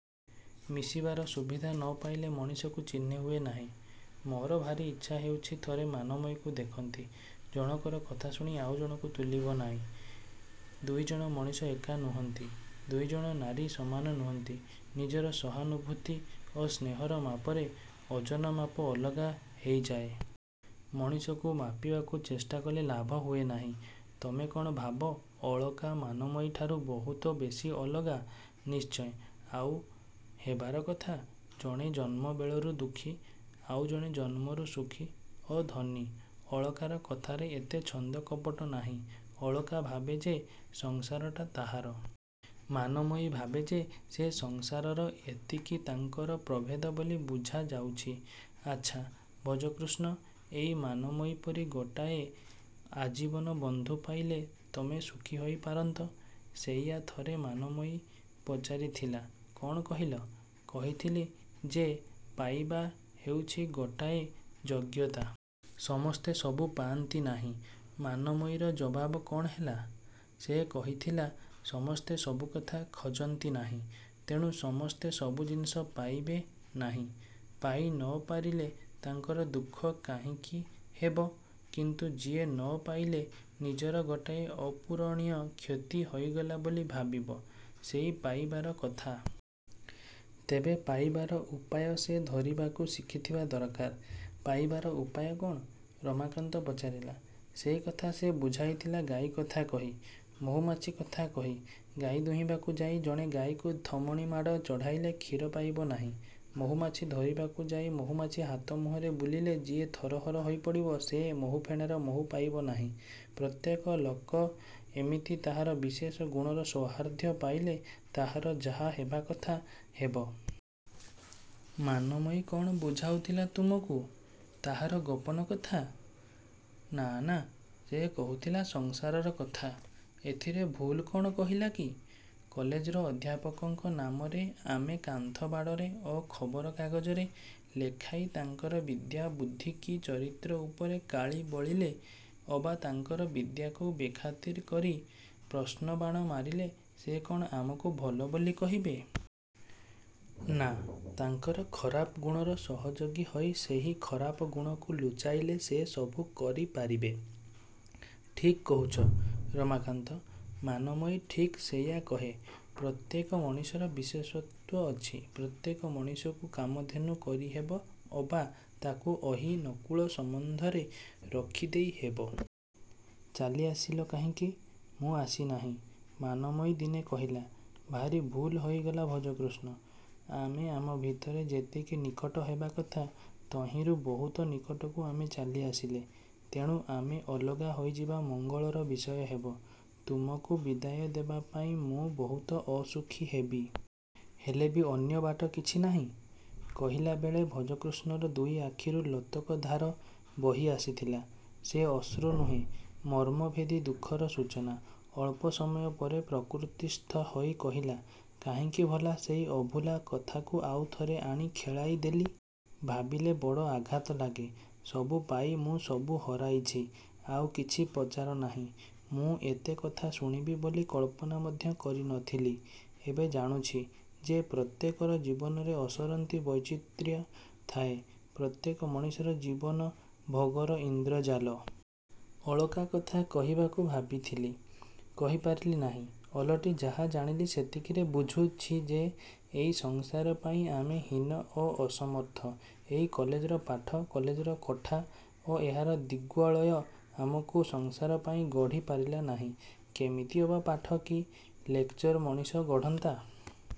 ମିଶିବାର ସୁବିଧା ନ ପାଇଲେ ମଣିଷକୁ ଚିହ୍ନିହୁଏ ନାହିଁ। –ମୋର ଭାରି ଇଛା ହେଉଛି ଥରେ ମାନମୟୀକୁ ଦେଖନ୍ତି। –ଜଣକର କଥାଶୁଣି ଆଉ ଜଣକୁ ତୁଳିବ ନାହିଁ। ଦୁଇଜଣ ମଣିଷ ଏକା ନୁହଁନ୍ତି। ଦୁଇଜଣ ନାରୀ ସମାନ ନୁହଁନ୍ତି। ନିଜର ସହାନୁଭୂତି ଓ ସ୍ନେହର ମାପରେ ଓଜନ ମାପ ଅଲଗା ହେଇଯାଏ। ମଣିଷକୁ ମାପିବାକୁ ଚେଷ୍ଟାକଲେ ଲାଭ ହୁଏ ନାହିଁ। –ତମେ କ'ଣ ଭାବ ଅଳକା ମାନମୟୀଠାରୁ ବହୁତ ବେଶୀ ଅଲଗା? –ନିଶ୍ଚୟ! ଆଉ ହେବାର କଥା। ଜଣେ ଜନ୍ମବେଳରୁ ଦୁଃଖୀ। ଆଉ ଜଣେ ଜନ୍ମରୁ ସୁଖୀ ଓ ଧନୀ। ଅଳକାର କଥାରେ ଏତେ ଛନ୍ଦକପଟ ନାହିଁ। ଅଳକା ଭାବେ ଯେ ସଂସାରଟା ତାହାର। ମାନମୟୀ ଭାବେ ଯେ ସେ ସଂସାରର–ଏତିକି ତାଙ୍କର ପ୍ରଭେଦ ବୋଲି ବୁଝା ଯାଉଛି। –ଆଛା, ଭଜକୃଷ୍ଣ, ଏଇ ମାନମୟୀ ପରି ଗୋଟାଏ ଆଜୀବନ ବନ୍ଧୁ ପାଇଲେ ତମେ ସୁଖୀ ହୋଇ ପାରନ୍ତ? –ସେଇଆ ଥରେ ମାନମୟୀ ପଚାରିଥିଲା। –କ'ଣ କହିଲ? –କହିଥିଲି ଯେ ପାଇବା ହେଉଛି ଗୋଟାଏ ଯୋଗ୍ୟତା। ସମସ୍ତେ ସବୁ ପାଆନ୍ତି ନାହିଁ। –ମାନମୟୀର ଜବାବ କ'ଣ ହେଲା? –ସେ କହିଥିଲା ସମସ୍ତେ ସବୁକଥା ଖୋଜନ୍ତି ନାହିଁ। ତେଣୁ ସମସ୍ତେ ସବୁ ଜିନିଷ ପାଇବେ ନାହିଁ। ପାଇ ନ ପାରିଲେ ତାଙ୍କର ଦୁଃଖ କାହିଁକି ହେବ? କିନ୍ତୁ ଯିଏ ନ ପାଇଲେ ନିଜର ଗୋଟାଏ ଅପୂରଣୀୟ କ୍ଷତି ହୋଇଗଲା ବୋଲି ଭାବିବ–ସେହି ପାଇବାର କଥା। ତେବେ ପାଇବାର ଉପାୟ ସେ ଧରିବାକୁ ଶିଖିଥିବା ଦରକାର। –ପାଇବାର ଉପାୟ କ'ଣ? –ରମାକାନ୍ତ ପଚାରିଲା। –ସେଇ କଥା ସେ ବୁଝାଇଥିଲା ଗାଈକଥା କହି–ମହୁମାଛି କଥା। କହି। ଗାଈ ଦୁହିଁବାକୁ ଯାଇ ଜଣେ ଗାଈକୁ ଥୋମଣିମାଡ଼ ଚଢ଼ାଇଲେ କ୍ଷୀର ପାଇବ ନାହିଁ। ମହୁମାଛି ଧରିବାକୁ ଯାଇ ମହୁମାଛି ହାତ ମୁହଁରେ ବୁଲିଲେ ଯିଏ ଥରହର ହୋଇ ପଡ଼ିବ, ସେ ମହୁଫେଣାର ମହୁ ପାଇବ ନାହିଁ ପ୍ରତ୍ୟେକ ଲୋକ ଏମିତି ତାହାର ବିଶେଷ ଗୁଣର ସୌହାର୍ଦ୍ଦ୍ୟ ପାଇଲେ ତାହାର ଯାହା ହେବା କଥା ହେବ। –ମାନମୟୀ କ'ଣ ବୁଝାଉଥିଲା ତୁମକୁ ତାହାର ଗୋପନ କଥା? –ନା–ନା। ସେ କହୁଥିଲା ସଂସାରର କଥା। ଏଥିରେ ଭୁଲ କ'ଣ କହିଲା କି? କଲେଜର ଅଧ୍ୟାପକଙ୍କ ନାମରେ ଆମେ କାନ୍ଥବାଡ଼ରେ ଓ ଖବର କାଗଜରେ ଲେଖାଇ ତାଙ୍କର ବିଦ୍ୟାବୁଦ୍ଧି କି ଚରିତ୍ର ଉପରେ କାଳି ବୋଳିଲେ ଅବା ତାଙ୍କର ବିଦ୍ୟାକୁ ବେଖାତିର କରି ପ୍ରଶ୍ନବାଣ ମାରିଲେ ସେ କ'ଣ ଆମକୁ ଭଲ ବୋଲି କହିବେ? –ନା, ତାଙ୍କର ଖରାପ ଗୁଣର ସହଯୋଗୀ ହୋଇ ସେହି ଖରାପ ଗୁଣକୁ ଲୁଚାଇଲେ ସେ ସବୁ କରି ପାରିବେ। –ଠିକ୍ କହୁଛ, ରମାକାନ୍ତ। ମାନମୟୀ ଠିକ୍ ସେଇଆ କହେ। ପ୍ରତ୍ୟେକ ମଣିଷର ବିଶେଷତ୍ୱ ଅଛି। ପ୍ରତ୍ୟେକ ମଣିଷକୁ କାମଧେନୁ କରିହେବ ଅବା ତା'କୁ ଅହି–ନକୁଳ ସମ୍ୱନ୍ଧରେ ରଖିଦେଇ ହେବ। –ଚାଲି ଆସିଲ କାହିଁକି? –ମୁଁ ଆସି ନାହିଁ। ମାନମୟୀ ଦିନେ କହିଲା–ଭାରି ଭୁଲ ହୋଇଗଲା ଭଜକୃଷ୍ଣ। ଆମେ ଆମ ଭିତରେ ଯେତିକି ନିକଟ ହେବା କଥା ତହିଁରୁ ବହୁତ ନିକଟକୁ ଆମେ ଚାଲି ଆସିଲେ। ତେଣୁ ଆମେ ଅଲଗା ହୋଇଯିବା ମଙ୍ଗଳର ବିଷୟ ହେବ। ତୁମକୁ ବିଦାୟ ଦେବା ପାଇଁ ମୁଁ ବହୁତ ଅସୁଖୀ ହେବି। ହେଲେ ବି ଅନ୍ୟ ବାଟ କିଛି ନାହିଁ। କହିଲା ବେଳେ ଭଜକୃଷ୍ଣର ଦୁଇ ଆଖିରୁ ଲୋତକଧାରା ବହି ଆସିଥିଲା। ସେ ଅଶ୍ରୁ ନୁହେଁ–ମର୍ମଭେଦୀ ଦୁଃଖର ସୂଚନା। ଅଳ୍ପ ସମୟ ପରେ ପ୍ରକୃତିସ୍ଥ ହୋଇ କହିଲା–କାହିଁକି ଭଲା ସେଇ ଅଭୁଲା କଥାକୁ ଆଉ ଥରେ ଆଣି ଖେଳାଇ ଦେଲି। ଭାବିଲେ ବଡ଼ ଆଘାତ ଲାଗେ। ସବୁ ପାଇ ମୁଁ ସବୁ ହରାଇଛି। ଆଉ କିଛି ପଚାର ନାହିଁ–। ମୁଁ ଏତେ କଥା ଶୁଣିବି ବୋଲି କଳ୍ପନା ମଧ୍ୟ କରି ନ ଥିଲି। ଏବେ ଜାଣୁଛି ଯେ ପ୍ରତ୍ୟେକର ଜୀବନରେ ଅସରନ୍ତି ବୈଚିତ୍ର୍ୟ ଥାଏ। ପ୍ରତ୍ୟେକ ମଣିଷର ଜୀବନ ଭୋଗର ଇନ୍ଦ୍ରଜାଲ-। ଅଳକା କଥା କହିବାକୁ ଭାବିଥିଲି। କହି ପାରିଲି ନାହିଁ। ଓଲଟି ଯାହା ଜାଣିଲି ସେତିକିରେ ବୁଝୁଛି ଯେ ଏଇ ସଂସାର ପାଇଁ ଆମେ ହୀନ ଓ ଅସମର୍ଥ। ଏଇ କଲେଜର ପାଠ, କଲେଜର କୋଠା ଓ ଏହାର ଦିଗ୍ବଳୟ ଆମକୁ ସଂସାର ପାଇଁ ଗଢ଼ି ପାରିଲା ନାହିଁ। –କେମିତି ଅବା ପାଠ କି ଲେକଚର ମଣିଷ ଗଢ଼ନ୍ତା?